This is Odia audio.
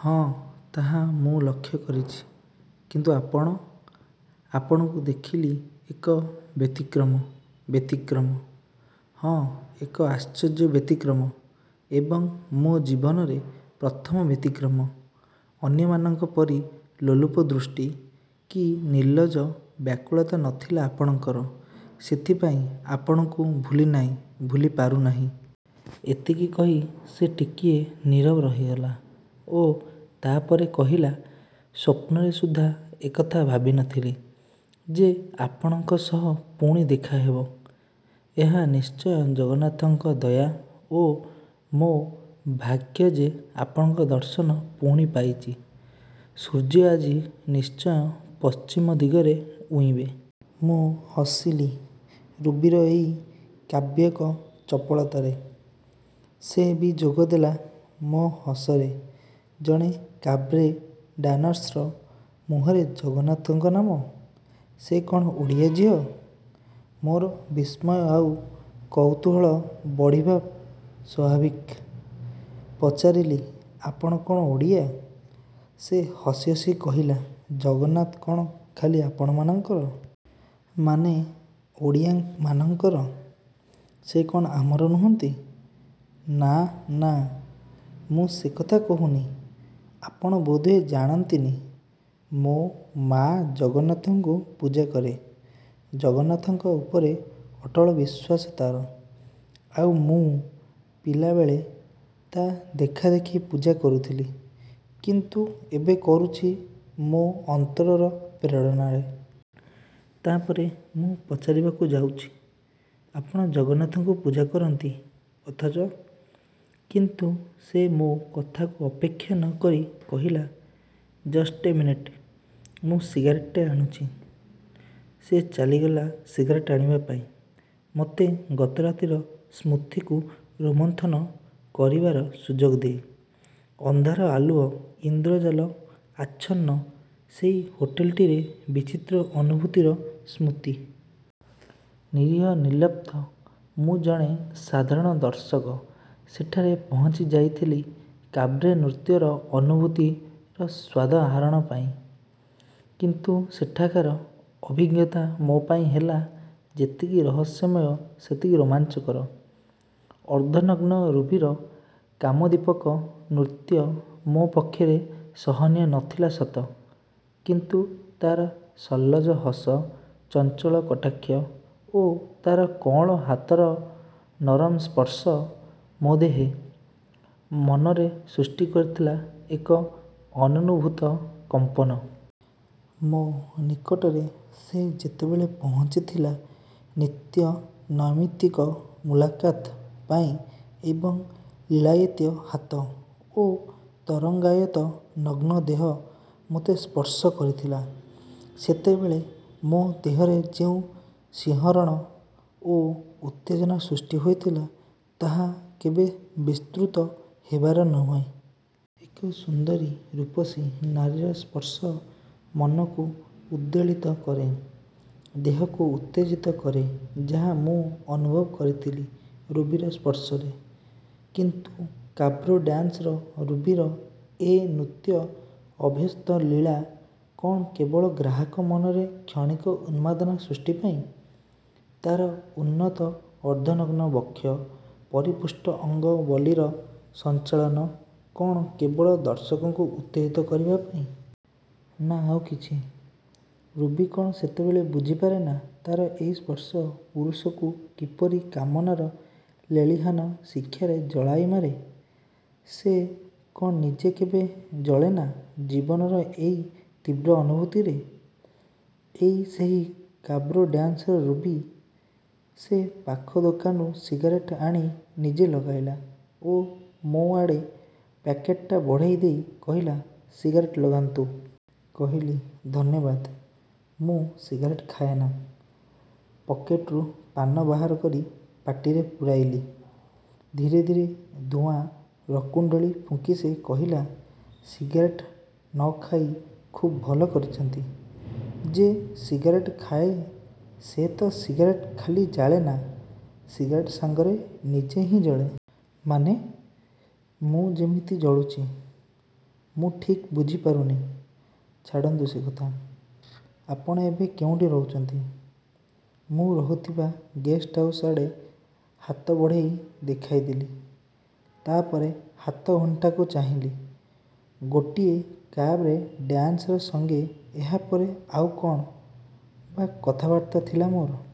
"ହଁ ତାହା ମୁଁ ଲକ୍ଷ୍ୟ କରିଛି " "କିନ୍ତୁ ଆପଣ? ଆପଣଙ୍କୁ ଦେଖିଲି ଏକ ବ୍ୟତିକ୍ରମ," "ବ୍ୟତିକ୍ରମ? " "ହଁ ଏକ ଆଶ୍ଚର୍ଯ୍ୟ ବ୍ୟତିକ୍ରମ ଏବଂ ମୋ' ଜୀବନରେ ପ୍ରଥମ ବ୍ୟତିକ୍ରମ। ଅନ୍ୟମାନଙ୍କ ପରି ଲୋଲୁପ ଦୃଷ୍ଟି, କି ନିର୍ଲଜ୍ଜ ବ୍ୟାକୁଳତା ନଥିଲା ଆପଣଙ୍କର ସେଥିପାଇଁ ଆପଣଙ୍କୁ ଭୁଲିନାହିଁ ଭୁଲିପାରିନାହିଁ। " ଏତିକି କହି ସେ ଟିକିଏ ନୀରବ ରହିଗଲା ଓ ତା'ପରେ କହିଲା-ସ୍ଵପ୍ନରେ ସୁଦ୍ଧା ଏକଥା ଭାବିନଥିଲି ଯେ ଆପଣଙ୍କ ସହ ପୁଣି ଦେଖାହେବ। ଏହା ନିଶ୍ଚୟ ଜଗନ୍ନାଥଙ୍କ ଦୟା ଓ ମୋ' ଭାଗ୍ୟ ଯେ ଆପଣଙ୍କ ଦର୍ଶନ ପୁଣି ପାଇଛି। ସୂର୍ଯ୍ୟ ଆଜି ନିଶ୍ଚୟ ପଶ୍ଚିମ ଦିଗରେ ଉଇଁବେ। " ମୁଁ ହସିଲି ରୁବିର ଏଇ କାବ୍ୟିକ ଚପଳତାରେ। ସେ ବି ଯୋଗଦେଲା ମୋ' ହସରେ। ଜଣେ କାବ୍ରେ ଡାନସ୍ର ମୁହଁରେ ଜଗନ୍ନାଥଙ୍କ ନାମ? ସେ କ'ଣ ଓଡ଼ିଆ ଝିଅ? ମୋର ବିସ୍ମୟ ଆଉ କୌତୂହଳ ବଢ଼ିବା ସ୍ଵାଭାବିକ। ପଚାରିଲି-ଆପଣ କ'ଣ ଓଡ଼ିଆ? ସେ ହସି ହସି କହିଲା-ଜଗନ୍ନାଥ କ'ଣ ଖାଲି ଆପଣମାନଙ୍କର। ମାନେ ଓଡ଼ିଆ ମାନଙ୍କର? ସେ କ'ଣ ଆମର ନୁହନ୍ତି? 'ନା-ନା ମୁଁ ସେ କଥା କହୁନି ' "ଆପଣ ବୋଧହୁଏ ଜାଣନ୍ତିନି ମୋ' ମାଆ ଜଗନ୍ନାଥଙ୍କୁ ପୂଜା କରେ। ଜଗନ୍ନାଥଙ୍କ ଉପରେ ଅଟଳ ବିଶ୍ଵାସ ତା'ର। ଆଉ ମୁଁ ପିଲବେଳେ ତା' ଦେଖାଦେଖି ପୂଜା କରୁଥିଲି; କିନ୍ତୁ ଏବେ କରୁଛି ମୋ' ଅନ୍ତରର ପ୍ରେରଣାରେ। ତା'ପରେ ମୁଁ ପଚାରିବାକୁ ଯାଉଛି-ଆପଣ ଜଗନ୍ନାଥଙ୍କୁ ପୂଜା କରନ୍ତି ଅଥଚ କିନ୍ତୁ ସେ ମୋ' କଥାକୁ ଅପେକ୍ଷା ନକରି କହିଲା-ଜଷ୍ଟ ଏ ମିନିଟ୍। ମୁଁ ସିଗାରେଟ ଆଣୁଛି। ସେ ଚାଲିଗଲା ସିଗାରେଟ୍ ଆଣିବାପାଇଁ ମୋତେ ଗତରାତ୍ରିର ସ୍ମୃତିକୁ ରୋମନ୍ଥନ କରିବାର ସୁଯୋଗ ଦେଇ। ଅନ୍ଧାର ଆଲୁଅ ଇନ୍ଦ୍ର ଜାଲ ଆଚ୍ଛନ୍ନ ସେଇ ହୋଟେଲଟିରେ ବିଚିତ୍ର ଅନୁଭୂତିର ସ୍ମୃତି। ନିରୀହ ନିର୍ଲିପ୍ତ ମୁଁ ଜଣେ ସାଧାରଣ ଦର୍ଶକ ସେଠାରେ ପହଞ୍ଚି ଯାଇଥିଲି କାବ୍ରେ ନୃତ୍ୟର ଅନୁଭୂତିର ସ୍ଵାଦ ଆହରଣ ପାଇଁ; କିନ୍ତୁ ସେଠାକାର ଅଭିଜ୍ଞତା ମୋପାଇଁ ହେଲା ଯେତିକି ରହସ୍ୟମୟ ସେତିକି ରୋମାଞ୍ଚକର। ଅର୍ଦ୍ଧନଗ୍ନ ରୁବିର କାମୋଦ୍ଦୀପକ ନୃତ୍ୟ ମୋ' ପକ୍ଷରେ ସହନୀୟ ନଥିଲା ସତ; କିନ୍ତୁ ତା'ର ସଲ୍ଲଜ ହସ, ଚଞ୍ଚଳ କଟାକ୍ଷ ଓ ତା'ର କଅଁଳ ହାତର ନରମ ସ୍ପର୍ଶ ମୋ' ଦେହ, ମନରେ ସୃଷ୍ଟି କରିଥିଲା ଏକ ଅନନୁଭୂତ କମ୍ପନ। ମୋ' ନିକଟରେ ସେ ଯେତେବେଳେ ପହଞ୍ଚିଥିଲା ନିତ୍ୟ ନୈମିତିକ 'ମୁଲାକତ୍' ପାଇଁ ଏବଂ ଲୀଳାୟିତ ହାତ ଓ ତରଙ୍ଗାୟିତ ନଗ୍ନ ଦେହ ମୋତେ ସ୍ପର୍ଶ କରିଥିଲା ସେତେବେଳେ ମୋ' ଦେହରେ ଯେଉଁ ଶିହରଣ ଓ ଉତ୍ତେଜନା ସୃଷ୍ଟି ହୋଇଥିଲା ତାହା କେବେ ବିସ୍ମୃତ ହେବାର ନୁହେଁ। ଏକ ସୁନ୍ଦରୀ ରୂପସୀ ନାରୀର ସ୍ପର୍ଶ ମନକୁ ଉଦ୍ବେଳିତ କରେ, ଦେହକୁ ଉତ୍ତେଜିତ କରେ ଯାହା ମୁଁ ଅନୁଭବ କରିଥିଲି ରୁବିର ସ୍ପର୍ଶରେ। କିନ୍ତୁ କାବ୍ରେ ଡାନ୍ସର ରୁବିର ଏ ନିତ୍ୟ ଅଭ୍ୟସ୍ତ ଲୀଳା କ'ଣ କେବଳ ଗ୍ରାହକ ମନରେ କ୍ଷଣିକ ଉନ୍ମାଦନା ସୃଷ୍ଟିପାଇଁ? ତା'ର ଉନ୍ନତ ଅର୍ଦ୍ଧନଗ୍ନ ବକ୍ଷ, ପରିପୁଷ୍ଟ ଅଙ୍ଗ ବଲ୍ଲରୀ ସଞ୍ଚାଳନ କ'ଣ କେବଳ ଦର୍ଶକଙ୍କୁ ଉତ୍ତେଜିତ କରିବାପାଇଁ? ନା ଆଉ କିଛି? ରୁବି କ'ଣ ସେତେବେଳେ ବୁଝିପାରେନା ତା'ର ଏଇ ସ୍ପର୍ଶ ପୁରୁଷକୁ କିପରି କାମନାର ଲେଲିହାନ ଶିଖାରେ ଜଳାଇମାରେ। ସେ କ'ଣ ନିଜେ କେବେ ଜଳେନା ଜୀବନର ଏଇ ତୀବ୍ର ଅନୁଭୂତିରେ? ଏଇ ସେହି କାବ୍ରେ ଡାନ୍ସର ରୁବି। ସେ ପାଖ ଦୋକାନରୁ ସିଗାରେଟ୍ ଆଣି ନିଜେ ଲଗାଇଲା ଓ ମୋ' ଆଡ଼େ ପ୍ୟାକେଟ୍ଟା ବଢ଼େଇ ଦେଇ କହିଲା-ସିଗାରେଟ୍ ଲଗାନ୍ତୁ। କହିଲି-'ଧନ୍ୟବାଦ। ମୁଁ ସିଗାରେଟ୍ ଖାଏନା' ପକେଟରୁ ପାନ ବାହାର କରି ପାଟିରେ ପୂରାଇଲି। ଧୀରେ ଧୀରେ ଧୂଆଁ ରକୁଣ୍ତଳୀ ଫୁଙ୍କି ସେ କହିଲା-ସିଗାରେଟ ନଖାଇ ଖୁବ୍ ଭଲକରିଛନ୍ତି। ଯେ ସିଗାରେଟ୍ ଖାଏ ସେ ତ ସିଗାରେଟ୍କୁ ଖାଲି ଜାଳେନା, ସିଗାରେଟ୍ ସାଙ୍ଗରେ ନିଜେ ହିଁ ଜଳେ। "ମାନେ? " 'ମୁଁ ଯେମିତି ଜଳୁଛି। " "ମୁଁ ଠିକ୍ ବୁଝିପାରୁନି " "ଛାଡ଼ନ୍ତୁ ସେ କଥା। ଆପଣ ଏବେ କେଉଁଠି ରହୁଛନ୍ତି? " ମୁଁ ରହୁଥିବା ଗେଷ୍ଟ ହାଉସ ଆଡ଼େ ହାତ ବଢ଼େଇ ଦେଖାଇଦେଲି। ତା'ପରେ ହାତ ଘଣ୍ଟାକୁ ଚାହିଁଲି। ଗୋଟିଏ କାବ୍ ରେ ଡାନ୍ସର ସଙ୍ଗେ ଏହାପରେ ଆଉ କ'ଣ ବା କଥାବାର୍ତ୍ତା ଥିଲା ମୋର।